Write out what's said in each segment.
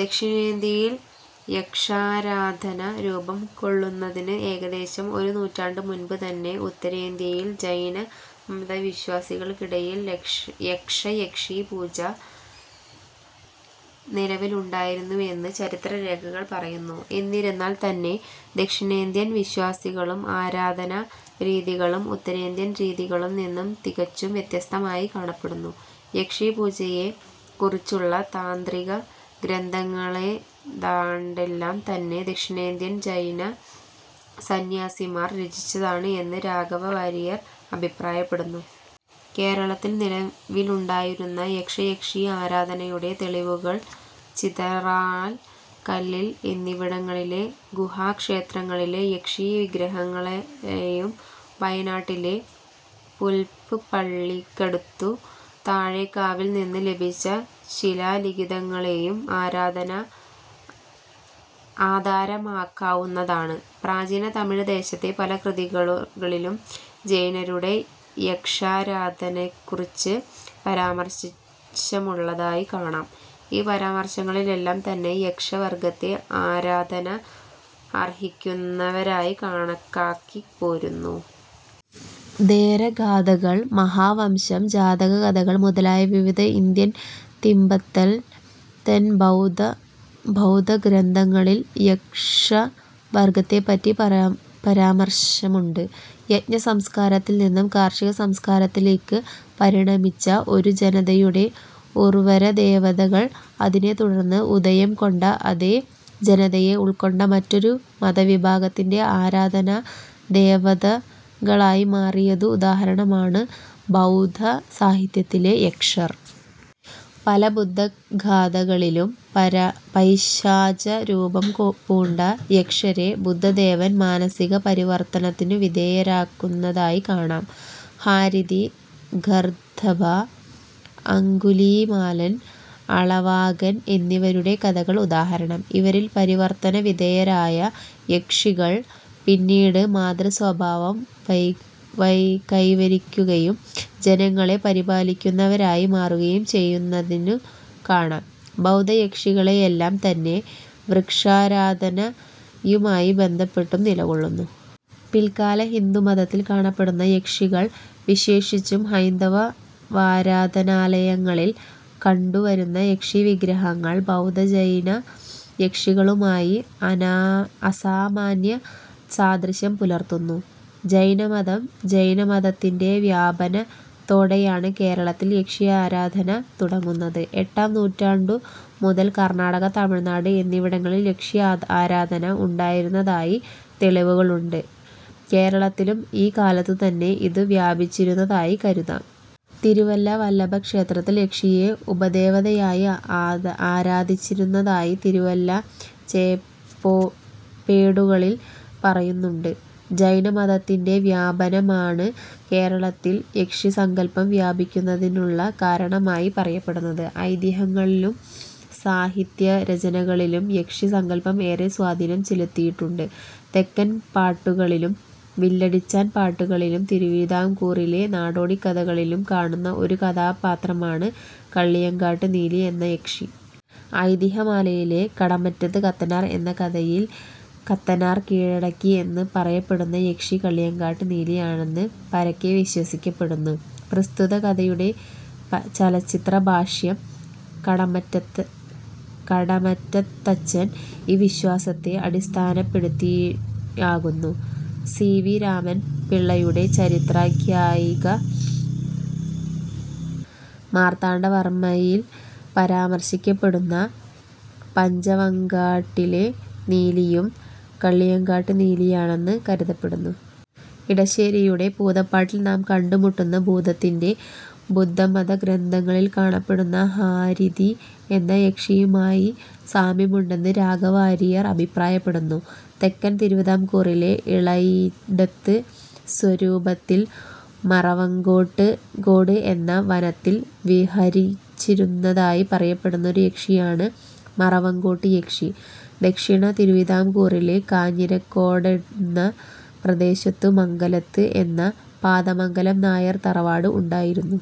ദക്ഷിണേന്ത്യയിൽ യക്ഷാരാധന രൂപം കൊള്ളുന്നതിനു ഏകദേശം ഒരു നൂറ്റാണ്ടു മുൻപ് തന്നെ ഉത്തരേന്ത്യയിൽ ജൈന മത വിശ്വാസികൾക്കിടയിൽ യക്ഷ-യക്ഷീ പൂജ നിലവിലുണ്ടായിരുന്നുവെന്നു ചരിത്ര രേഖകൾ പറയുന്നു. എന്നിരുന്നാൽ തന്നെ ദക്ഷിണേന്ത്യൻ വിശ്വാസങ്ങളും ആരാധനാ രീതികളും ഉത്തരേന്ത്യൻ രീതികളിൽ നിന്നും തികച്ചും വ്യത്യസ്തമായി കാണപ്പെടുന്നു. യക്ഷ യക്ഷീ പൂജയെ കുറിച്ചുള്ള താന്ത്രിക ഗ്രന്ഥങ്ങളേതാണ്ടെല്ലാം തന്നെ ദക്ഷിണേന്ത്യൻ ജൈന സന്യാസിമാർ രചിച്ചതാണ് എന്ന് രാഘവ വാരിയർ അഭിപ്രായപ്പെടുന്നു. കേരളത്തിൽ നിലവിലുണ്ടായിരുന്ന യക്ഷ-യക്ഷീ ആരാധനയുടെ തെളിവുകൾക്ക് ചിതറാൽ, കല്ലിൽ എന്നിവിടങ്ങളിലെ ഗുഹാക്ഷേത്രങ്ങളിലെ യക്ഷീ വിഗ്രഹങ്ങളെയും വയനാട്ടിലെ പുല്പ്പള്ളിക്കടുത്തു താഴെക്കാവിൽ നിന്ന് ലഭിച്ച ശിലാലിഖിതങ്ങളെയും ആധാരമാക്കാവുന്നതാണ്. പ്രാചീന തമിഴ് ദേശത്തെ പല കൃതികളിലും ജൈനരുടെ യക്ഷാരാധനെയെക്കുറിച്ചു പരാമാർശമുള്ളതായി കാണാം. ഈ പരാമർശങ്ങളിലെല്ലാം തന്നെ യക്ഷ വർഗത്തെ ആരാധന അർഹിക്കുന്നവരായി കണക്കാക്കിപ്പോരുന്നു. ഥേരഗാഥകൾ, മഹാവംശം, ജാതക കഥകൾ മുതലായ വിവിധ ഇന്ത്യൻ, തിബത്തൻ ബൗദ്ധഗ്രന്ഥങ്ങളിൽ യക്ഷവർഗത്തെ പറ്റി പരാമർശമുണ്ട്. യജ്ഞസംസ്കാരത്തിൽ നിന്ന് കാർഷികസംസ്കാരത്തിലെയ്ക്ക് പരിണമിച്ച ഒരു ജനതയുടെ ഉർവര ദേവതകൾ, അതിനെ തുടർന്ന് ഉദയം കൊണ്ട, അതെ ജനതയെ ഉൾക്കൊണ്ട, മറ്റൊരു മതവിഭാഗത്തിന്റെ ആരാധനാ ദേവതകളായി മാറിയതിനു ഉദാഹരണമാണ് ബൗദ്ധസാഹിത്യത്തിലെ യക്ഷർ. പല ബുദ്ധഗാഥകളിലും പൈശാചരൂപം പൂണ്ട യക്ഷരെ ബുദ്ധദേവൻ മാനസിക പരിവർത്തനത്തിനു വിധേയരാക്കുന്നതായി കാണാം. ഹാരിതി, ഗർദ്ദഭ, അംഗുലീമാലൻ, അളവാകൻ എന്നിവരുടെ കഥകൾ ഉദാഹരണം. ഇവരിൽ പരിവർത്തനവിധേയരായ യക്ഷികൾ പിന്നീട് മാതൃസ്വഭാവം കൈവരിക്കുകയും ജനങ്ങളെ പരിപാലിക്കുന്നവരായി മാറുകയും ചെയ്യുന്നതു കാണാം. ബൗദ്ധയക്ഷികളെല്ലാം തന്നെ വൃക്ഷാരാധനയുമായി ബന്ധപ്പെട്ടും നിലകൊള്ളുന്നു. പില്ക്കാല ഹിന്ദുമതത്തിൽ കാണപ്പെടുന്ന യക്ഷികൾ, വിശേഷിച്ചും ഹൈന്ദവാരാധനാലയങ്ങളിൽ കണ്ടു വരുന്ന യക്ഷീവിഗ്രഹങ്ങൾ, ബൗദ്ധ-ജൈന യക്ഷികളുമായി അസാമാന്യ സാദൃശ്യം പുലർത്തുന്നു. ജൈനമതം ജൈനമതത്തിന്റെ വ്യാപനത്തോടെയാണ് കേരളത്തിൽ യക്ഷിആരാധന തുടങ്ങുന്നത്. എട്ടാം നൂറ്റാണ്ടു മുതൽ കർണ്ണാടക, തമിഴ്നാട് എന്നിവിടങ്ങളിൽ യക്ഷി ആരാധന ഉണ്ടായിരുന്നതായി തെളിവുകളുണ്ട്. കേരളത്തിലും ഈ കാലത്തു തന്നെ ഇതു വ്യാപിച്ചിരുന്നതായി കരുതാം. തിരുവല്ല വല്ലഭക്ഷേത്രത്തിൽ യക്ഷിയെ ഉപദേവതയായി ആരാധിച്ചിരുന്നതായി തിരുവല്ല ചെപ്പേടുകളിൽ പറയുന്നുണ്ട്. ജൈന മതത്തിന്റെ വ്യാപനമാണ് കേരളത്തിൽ യക്ഷിസങ്കൽപം വ്യാപിക്കുന്നതിനുള്ള കാരണമായി പറയപ്പെടുന്നത്. ഐതിഹ്യങ്ങളിലും സാഹിത്യരചനകളിലും യക്ഷിസങ്കല്പം ഏറെ സ്വാധീനം ചെലുത്തിയിട്ടുണ്ട്. തെക്കൻ പാട്ടുകളിലും വില്ലടിച്ചാൻപാട്ടുകളിലും തിരുവിതാംകൂറിലെ നാടോടിക്കഥകളിലും കാണുന്ന ഒരു കഥാപാത്രമാണ് കള്ളിയങ്കാട്ട് നീലി എന്ന യക്ഷി. ഐതിഹ്യ മാലയിലെ "കടമറ്റത്ത് കത്തനാർ" എന്ന കഥയിൽ കത്തനാർ കീഴടക്കി എന്ന് പറയപ്പെടുന്ന യക്ഷി കള്ളിയങ്കാട്ടു നീലി ആണെന്ന് പരക്കെ വിശ്വസിക്കപ്പെടുന്നു. പ്രസ്തുത കഥയുടെ ചലച്ചിത്ര ഭാഷ്യം, കടമറ്റത്തച്ചൻ, ഈ വിശ്വാസത്തെ അടിസ്ഥാനപ്പെടുത്തിയാകുന്നു. സി. വി. രാമൻ പിള്ളയുടെ ചരിത്രാഖ്യായിക മാർത്താണ്ഠവർമയിൽ പരാമർശിക്കപ്പെടുന്ന "പഞ്ചവങ്കാട്ടിലെ നീലി" യും കള്ളിയങ്കാട്ടു നീലിയാണെന്ന് കരുതപ്പെടുന്നു. ഇടശ്ശേരിയുടെ പൂതപ്പാട്ടിൽ നാം കണ്ടുമുട്ടുന്ന പൂതത്തിനു ബുദ്ധമതഗ്രന്ഥങ്ങളിൽ കാണപ്പെടുന്ന ഹാരിതി എന്നാ യക്ഷിയുമായി സാമ്യമുണ്ടെന്ന് രാഘവ വാരിയർ അഭിപ്രായപ്പെടുന്നു. തെക്കൻ തിരുവിതാംകൂറിലെ ഇളയിടത്ത് സ്വരൂപത്തിൽ മറവങ്കോട് എന്ന വനത്തിൽ വിഹരിച്ചിരുന്നതായി പറയപ്പെടുന്ന ഒരു യക്ഷിയാണ് മറവങ്കോട് യക്ഷി. ദക്ഷിണ തിരുവിതാംകൂറിലെ കാഞ്ഞിരക്കോടെന്ന പ്രദേശത്തു 'മംഗലത്ത്' എന്ന പാതമംഗലം നായർ തറവാട് ഉണ്ടായിരുന്നു.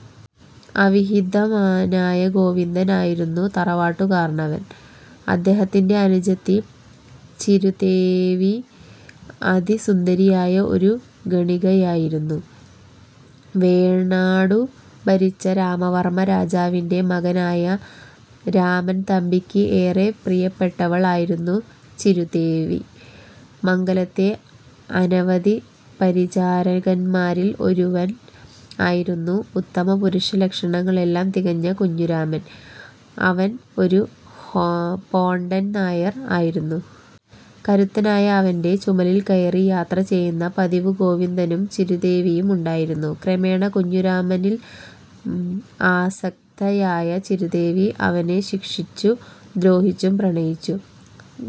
അവിവാഹിതനായ ഗോവിന്ദൻ ആയിരുന്നു തറവാട്ടു കാരണവർ. അദ്ദേഹത്തിന്റെ അനുജത്തി ചിരുതേവി അതിസുന്ദരിയായ ഒരു ഗണികയായിരുന്നു. വേണാടു ഭരിച്ച രാമവർമ്മ മഹാരാജാവിൻറെ മകനായ രാമൻതമ്പിയ്ക്ക് ഏറെ പ്രിയപ്പെട്ടവൾ ആയിരുന്നു ചിരുതേവി. മംഗലത്തെ അനവധി പരിചാരകന്മാരിൽ ഒരുവൻ ആയിരുന്നു ഉത്തമപുരുഷലക്ഷണങ്ങൾ എല്ലാം തികഞ്ഞ കുഞ്ഞുരാമൻ. അവൻ ഒരു പോണ്ടൻനായർ ആയിരുന്നു. കരുത്തനായ അവന്റെ ചുമലിൽക്കയറി യാത്രചെയ്യുന്ന പതിവു ഗോവിന്ദനും ചിരുതേവിക്കും ഉണ്ടായിരുന്നു. ക്രമേണ കുഞ്ഞുരാമനിൽ ആസക്തയായ ചിരുതേവി അവനെ ശിക്ഷിച്ചും ദ്രോഹിച്ചും പ്രണയിച്ചു.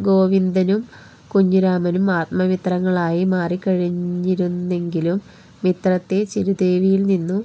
ഗോവിന്ദനും കുഞ്ഞുരാമനും ആത്മമിത്രങ്ങളായി മാറിക്കഴിഞ്ഞിരുന്നെങ്കിലും മിത്രത്തെ ചിരുതേവിയിൽ നിന്നു